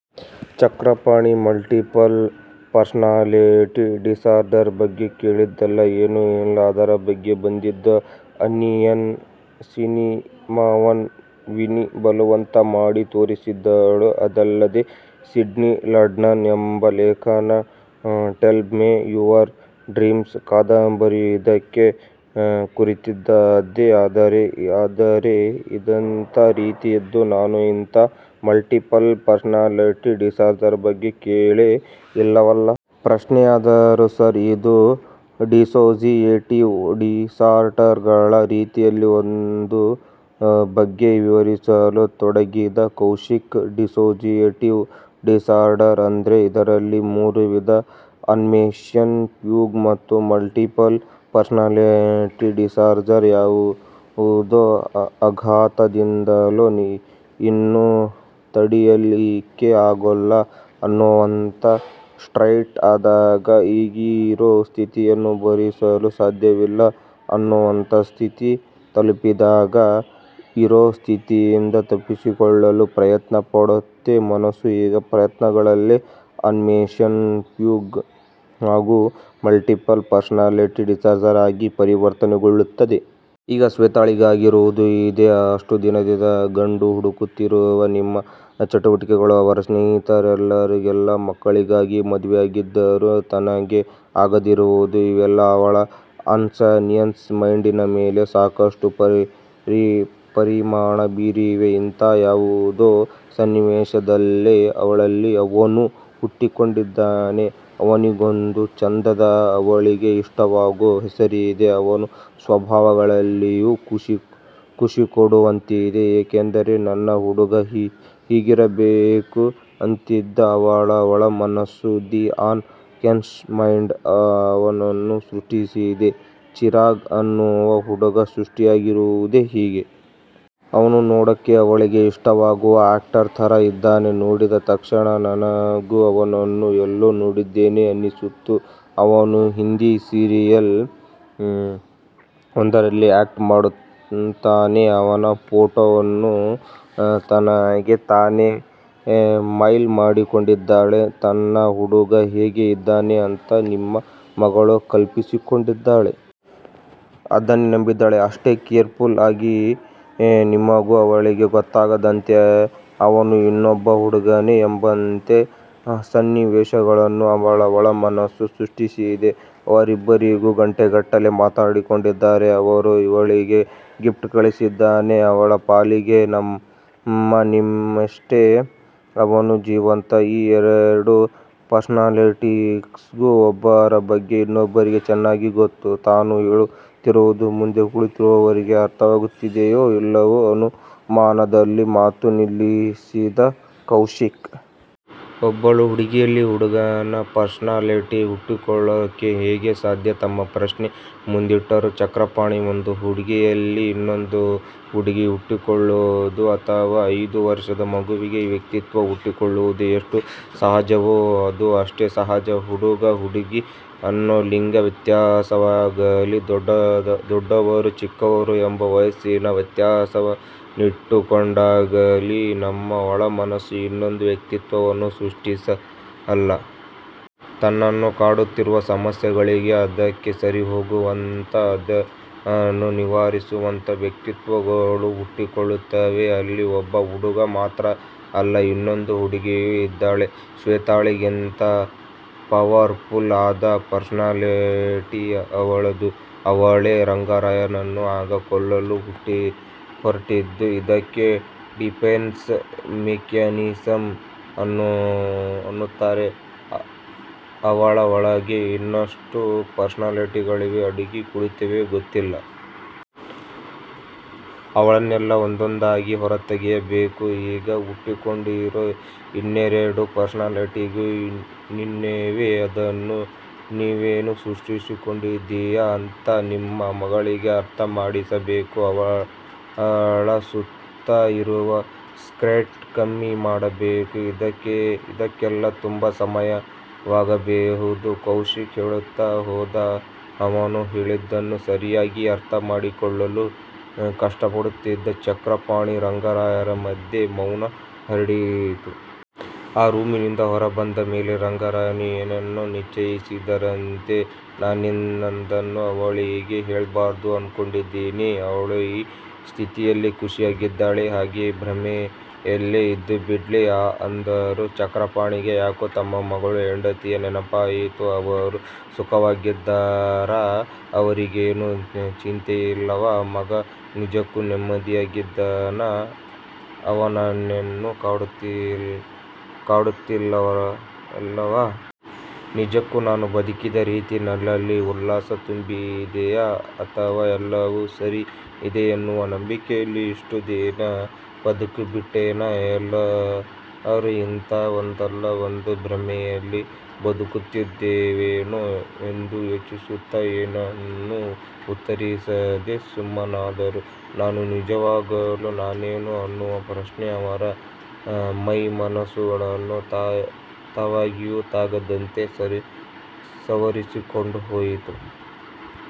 Chakrapani multiple personality disorder ಬಗ್ಗೆ ಕೇಳದೆ ಏನೂ ಇಲ್ಲ, ಅದರ ಬಗ್ಗೆ ಬಂದಿದ್ದ ಅನ್ನಿಯನ್ ಸಿನಿಮಾವನ್ನ ವಿನಿ ಬಲವಂತ ಮಾಡಿ ತೋರಿಸಿದ್ದಳು, ಅದಲ್ಲದೆ ಸಿಡ್ನಿ ಶಲ್ಡನ್ ಎಂಬ ಲೇಖಕನ 'ಟೆಲ್ ಮೆ ಯುವರ್ ಡ್ರೀಮ್ಸ್' ಕಾದಂಬರಿಯೂ ಇದಕ್ಕೆ ಕುರಿತಾದದ್ದೇ.. ಆದರೆ? 'ಆದರೆ ಇದೆಂತಾ ರೀತಿಯದ್ದು, ನಾನು ಇಂಥಾ ಮಲ್ಟಿಪಲ್ ಪರ್ಸನಾಲಿಟಿ ಡಿಸಾರ್ಡರ್ ಬಗ್ಗೆ ಕೇಳೇ ಇಲ್ಲವಲ್ಲ? ಪ್ರಶ್ನೆಯಾದರು. ಸರ್ ಇದು ಡಿಸೋಸಿಯೇಟಿವ್ ಡಿಸಾರ್ಡಗಳ ರೀತಿಯಲ್ಲಿ ಒಂದು ಬಗೆ.. ವಿವರಿಸಲು ತೊಡಗಿದ ಕೌಶಿಕ್.. ಡಿಸೋಸಿಯೇಟಿವ್ ಡಿಸಾರ್ಡರ್ ಅಂದ್ರೆ ಇದರಲ್ಲಿ ಮೂರು ವಿಧ ಅಮ್ನೇಶ್ಯ ಫ್ಯೂಗ್ ಮತ್ತು ಮಲ್ಟಿಪಲ್ ಪರ್ಸನಾಲಿಟಿ ಡಿಸಾರ್ಡರ್. ಯಾವುದೋ ಆಘಾತದಿಂದಲೋ, ಇನ್ನು ತಡಿಯಲಿಕ್ಕೆ ಆಗೋಲ್ಲ ಅನ್ನೋವಂಥ ಸ್ಟ್ರೆಸ್ ಆದಾಗ, ಈಗಿರೋ ಸ್ಥಿತಿಯನ್ನ ಭರಿಸಲು ಸಾಧ್ಯವಿಲ್ಲ ಅನ್ನೋವಂಥ ಸ್ಥಿತಿ ತಲುಪಿದಾಗ ಇರೋಸ್ಥಿತಿಯಿಂದ ತಪ್ಪಿಸಿಕೊಳ್ಳಲು ಪ್ರಯತ್ನ ಪಡುತ್ತೆ ಮನಸ್ಸು, ಈ ಪ್ರಯತ್ನಗಳೇ ಅಮ್ನೇಶ್ಯ ಫ್ಯೂ ಗ್, ಹಾಗೂ ಮಲ್ಟಿಪಲ್ ಪರ್ಸನಾಲಿಟಿ ಡಿಸಾರ್ಡರ್ ಆಗಿ ಪರಿವರ್ತನೆ ಗೊಳ್ಳುತ್ತದೆ. ಈಗ ಶ್ವೇತಾಳಿಗೆ ಆಗಿರುವುದೂ ಇದೇ. ಅಷ್ಟು ದಿನದಿಂದ ಗಂಡು ಹುಡುಕುತ್ತಿರುವ ನಿಮ್ಮ ಚಟುವಟಿಕೆಗಳು, ಅವರ ಸ್ನೇಹಿತೆಯರಿಗೆಲ್ಲಾ ಮಕ್ಕಳಾಗಿ ಮದುವೆಯಾಗಿದ್ದರೂ ತನಗೆ ಆಗದಿರುವುದು, ಇವೆಲ್ಲಾ ಅವಳ ಅನ್ಕಾನ್ಶಸ್ ಮೈಂಡಿನ ಮೇಲೆ ಸಾಕಷ್ಟು ಪರಿಣಾಮ ಬೀರಿವೆ, ಇಂಥಾ ಯಾವುದೋ ಸನ್ನಿವೇಶದಲ್ಲೇ ಅವಳಲ್ಲಿ 'ಅವನು' ಹುಟ್ಟಿಕೊಂಡಿದ್ದಾನೆ. ಆವನಿಗೊಂದು ಚಂದದ ಅವಳಿಗೆ ಇಷ್ಟವಾಗೋ ಹೆಸರಿದೆ, ಅವನ ಸ್ವಭಾವಗಳೆಲ್ಲವೂ ಖುಷಿಕೊಡುವಂಥದ್ದೇ ಯಾಕೆಂದರೆ ನನ್ನ ಹುಡುಗ ಹಿಂಗಿರಬೇಕು ಅನ್ನುತ್ತಿದ್ದ ಅವಳ ಒಳ ಮನಸ್ಸು, 'ದಿ ಅನ್ ಕಾನ್ಶಸ್ ಮೈಂಡ್' ಅವನನ್ನು ಸೃಷ್ಟಿಸಿದೆ, ಚಿರಾಗ್ ಅನ್ನುವ ಹುಡುಗ ಸೃಷ್ಟಿಯಾಗಿರೋದೇ ಹೀಗೆ. ಅವನು ನೋಡೋಕ್ಕೆ ಅವಳಿಗೆ ಇಷ್ಟವಾಗುವ ಆಕ್ಟರ್ ಥರ ಇದಾನೆ, ನೋಡಿದ ತಕ್ಷಣ ನನಗೂ ಅವನನ್ನು ಎಲ್ಲೋ ನೋಡಿದ್ದೇನೆ ಅನ್ನಿಸಿತು ಅವನು ಹಿಂದಿ ಸೀರಿಯಲ್ ಒಂದರಲ್ಲಿ ಆಕ್ಟ್ ಮಾಡುತ್ತಾನೆ. ಅವನ ಫೋಟೋವನ್ನ ತನಗೆ ತಾನೇ ಮೈಲ್ ಮಾಡಿಕೊಂಡಿದ್ದಾಳೆ ತನ್ನ ಹುಡುಗ ಹೀಗೇ ಇದಾನೆ ಅಂತ ನಿಮ್ಮ ಮಗಳು ಕಲ್ಪಿಸಿಕೊಂಡಿದ್ದಾಳೆ. ಅದನ್ನೇ ನಂಬಿದ್ದಾಳೆ. ಅಶ್ಟೇ ಕೇರ್ಫುಲ್ ಆಗಿ ನಿಮಗೂ ಅವಳಿಗೂ ಗೊತ್ತಾಗದಂತೆ ಅವನು ಇನ್ನೊಬ್ಬ ಹುಡುಗನೇ ಎಂಬಂತೆ ಸನ್ನಿವೇಶಗಳನ್ನ ಅವಳ ಒಳ ಮನಸ್ಸು ಸೃಷ್ಟಿಸಿದೆ, ಅವರಿಬ್ಬರೂ ಗಂಟೆಗಟ್ಟಲೆ ಮಾತಾಡಿಕೊಂಡಿದ್ದಾರೆ. ಅವನು ಇವಳಿಗೆ ಗಿಫ್ಟ್ ಕಳಿಸಿದ್ದಾನೆ. ಅವಳ ಪಾಲಿಗೆ ನಮ್ಮ ನಿಮ್ಮಶ್ಟೇ ಅವನೂ ಜೀವಂತ. ಈ ಎರೆಡು ಪರ್ಸನಾಲಿಟೀಸ್ಗೂ ಒಬ್ಬರ ಬಗ್ಗೆ ಇನ್ನೊಬ್ಬರಿಗೆ ಚನ್ನಾಗಿ ಗೊತ್ತು-' ತಾನು ಹೇಳುತ್ತಿರುವುದು ಮುಂದೆ ಕೂತಿರುವವರಿಗೆ ಅರ್ಥವಾಗುತ್ತಿದೆಯೋ ಇಲ್ಲವೂ ಅನುಮಾನದಲ್ಲಿ ಮಾತು ನಿಲ್ಲಿಸಿದ ಕೌಶಿಕ್. ಒಬ್ಬಳು ಹುಡುಗಿಯಲ್ಲಿ ಹುಡುಗನ ಪರ್ಸನಾಲಿಟಿ ಹುಟ್ಟಿಕೊಳ್ಳೋಕ್ಕೆ ಹೇಗೆ ಸಾಧ್ಯ? ತಮ್ಮ ಪ್ರಶ್ನೆ ಮುಂದಿಟ್ಟರು ಚಕ್ರಪಾಣಿ. ಒಂದು ಹುಡುಗಿಯಲ್ಲಿ, ಇನ್ನೊಂದು ಹುಡುಗಿ ಹುಟ್ಟಿಕೊಳ್ಳೋದು, ಅಥವಾ ಐದು ವರ್ಶದ ಮಗುವಿನ ವ್ಯಕ್ತಿತ್ವ ಹುಟ್ಟಿಕೊಳ್ಳೋದು ಎಷ್ಟು ಸಹಜವೋ ಇದೂ ಅಷ್ಟೇ ಸಹಜ. ಹುಡುಗ ಹುಡುಗಿ ಅನ್ನೋ ಲಿಂಗ ವ್ಯತ್ಯಾಸವನ್ನಾಗಾಲಿ ದೊಡ್ಡವರು ಚಿಕ್ಕವರು ಎಂಬ ವಯಸ್ಸಿನ ವ್ಯತ್ಯಾಸವನ್ನಿಟ್ಟುಕೊಂಡಾಗಲೀ ನಮ್ಮ ಒಳ ಮನಸ್ಸು ಇನ್ನೊಂದು ವ್ಯಕ್ತಿತ್ವವನ್ನ ಸೃಷ್ಟಿಸೋಲ್ಲ. ತನ್ನನ್ನು ಕಾಡುತ್ತಿರುವ ಸಮಸ್ಯೆಗಳಿಗೆ, ಅದಕ್ಕೆ ಸರಿಹೋಗುವಂಥ ಅದನ್ನು ನಿವಾರಿಸುವಂಥ ವ್ಯಕ್ತಿತ್ವಗಳು ಹುಟ್ಟಿಕೊಳ್ಳುತ್ತವೆ. ಅಲ್ಲಿ ಒಬ್ಬ ಹುಡುಗ ಮಾತ್ರ ಇಲ್ಲ ಇನ್ನೊಂದು ಹುಡುಗಿಯೂ ಇದ್ದಾಳೆ, ಶ್ವೆತಾಳಿಗಿಂತ ಪವರ್ಫುಲ್ ಆದ ಪರ್ಸನಾಲಿಟಿ ಅವಳದು ಅವಳೇ ರಂಗರಾಯರನ್ನು ಆಗ ಕೊಲ್ಲಲು ಹೊರಟಿದ್ದು. ಇದಕ್ಕೆ ಡಿಫೆನ್ಸ್ ಮೆಕ್ಯಾನಿಸಮ್ ಅನ್ನುತ್ತಾರೆ. ಇವಳ ಒಳಗೆ ಇನ್ನೆಷ್ತು ಪರ್ಸನಾಲಿಟಿಗಾಳು ಅಡಗಿ ಕುಳಿತಿವೆಯೋ ಗೊತ್ತಿಲ್ಲಾ. ಅವನ್ನೆಲ್ಲಾ ಒಂದೊಂದಾಗಿ ಹೊರತೆಗೆಯಬೇಕು. 'ಈಗ ಹುಟ್ಟಿಕೊಂಡಿರೋ ಇನ್ನೆರೆಡು ಪರ್ಸನಾಲಿಟಿಗಳೂ ನಿನ್ನವೇ. ಅದನ್ನು ನೀನೇ ಸೃಷ್ಟಿಸಿಕೊಂಡಿದ್ದೀಯ' ಅಂತ ನಿಮ್ಮ ಮಗಳಿಗೆ ಅರ್ಥ ಮಾಡಿಸಬೇಕು, ಅವಳ ಸುತ್ತ ಇರುವ ಸ್ಟ್ರೆಸ್ ಕಮ್ಮಿ ಮಾಡಬೇಕು ಇದಕ್ಕೆಲ್ಲಾ ತುಂಬ ಸಮಯವಾಗಬಹುದು.. ಕೌಶಿಕ್ ಹೇಳುತ್ತಾ ಹೋದ, ಅವನು ಹೇಳಿದ್ದನ್ನ ಸರಿಯಾಗಿ ಅರ್ಥ ಮಾಡಿಕೊಳ್ಳಲು ಕಷ್ಟ ಪಡುತ್ತಿದ್ದ ಚಕ್ರಪಾಣಿ, ರಂಗರಾಯರ ಮಧ್ಯೆ ಮೌನ ಹರಡಿತ್ತು. ಆ ರೂಮಿನಿಂದ ಹೊರಬಂದ ಮೇಲೆ ರಂಗರಾಯರು ಏನನ್ನೋ ನಿಶ್ಚಯಿಸಿದವರಂತೆ 'ನಾನಿದನ್ನ ಅವ್ಳಿಗೆ ಹೇಳ್ಬಾರ್ದು ಅನ್ಕೊಂಡಿದಿನಿ. ಅವ್ಳು ಈ ಸ್ಥಿತಿಲೇ ಖುಷಿಯಾಗಿದಾಳೆ ಹಾಗೇ ಭ್ರಮೇಲೇ ಇದ್ದು ಬಿಡ್ಲಿ' ಅಂದರು. ಚಕ್ರಪಾಣಿಗೆ ಯಾಕೋ ತಮ್ಮ ಮಗಳು ಹೆಂಡತಿಯ ನೆನಪಾಯಿತು ಅವರು ಸುಖವಾಗಿದ್ದಾರ? ಅವರಿಗೇನು ಚಿಂತೆಯಿಲ್ಲವಾ? ಮಗ ನಿಜಕ್ಕೂ ನೆಮ್ಮದಿಯಾಗಿದ್ದಾನ ಅವನನ್ನೇನು ಕಾಡುತ್ತಿಲ್ಲವಾ? ನಿಜಕ್ಕೂ ನಾನು ಬದುಕಿದ ರೀತಿ ನನ್ನಲ್ಲಿ ಉಲ್ಲಾಸ ತುಂಬಿದೆಯಾ? ಅಥವಾ ಎಲ್ಲವೂ ಸರಿ ಇದೆ ಎನ್ನುವ ನಂಬಿಕೆಯಲ್ಲಿ ಇಷ್ಟು ದಿನ ಬದುಕಿಬಿಟ್ಟೆನಾ? ಎಲ್ಲಾರೂ ಇಂಥಾ ಒಂದಲ್ಲಾ ಒಂದು ಭ್ರಮೆಯಲ್ಲಿ ಬದುಕುತ್ತಿದ್ದೇವೇನೋ ಎಂದು ಯೋಚಿಸುತ್ತಾ ಏನನ್ನೂ ಉತ್ತರಿಸದೆ ಸುಮ್ಮನಾದರು. ನಾನು ನಿಜವಾಗಲೂ ನಾನೇನಾ ಅನ್ನುವ ಪ್ರಶ್ನೆ ಅವರ ಮೈಮನಸ್ಸುಗಳನ್ನು ತಾಗಿಯೂ ತಾಗದಂತೆ ಸವರಿಕೊಂಡು ಹೋಯಿತು.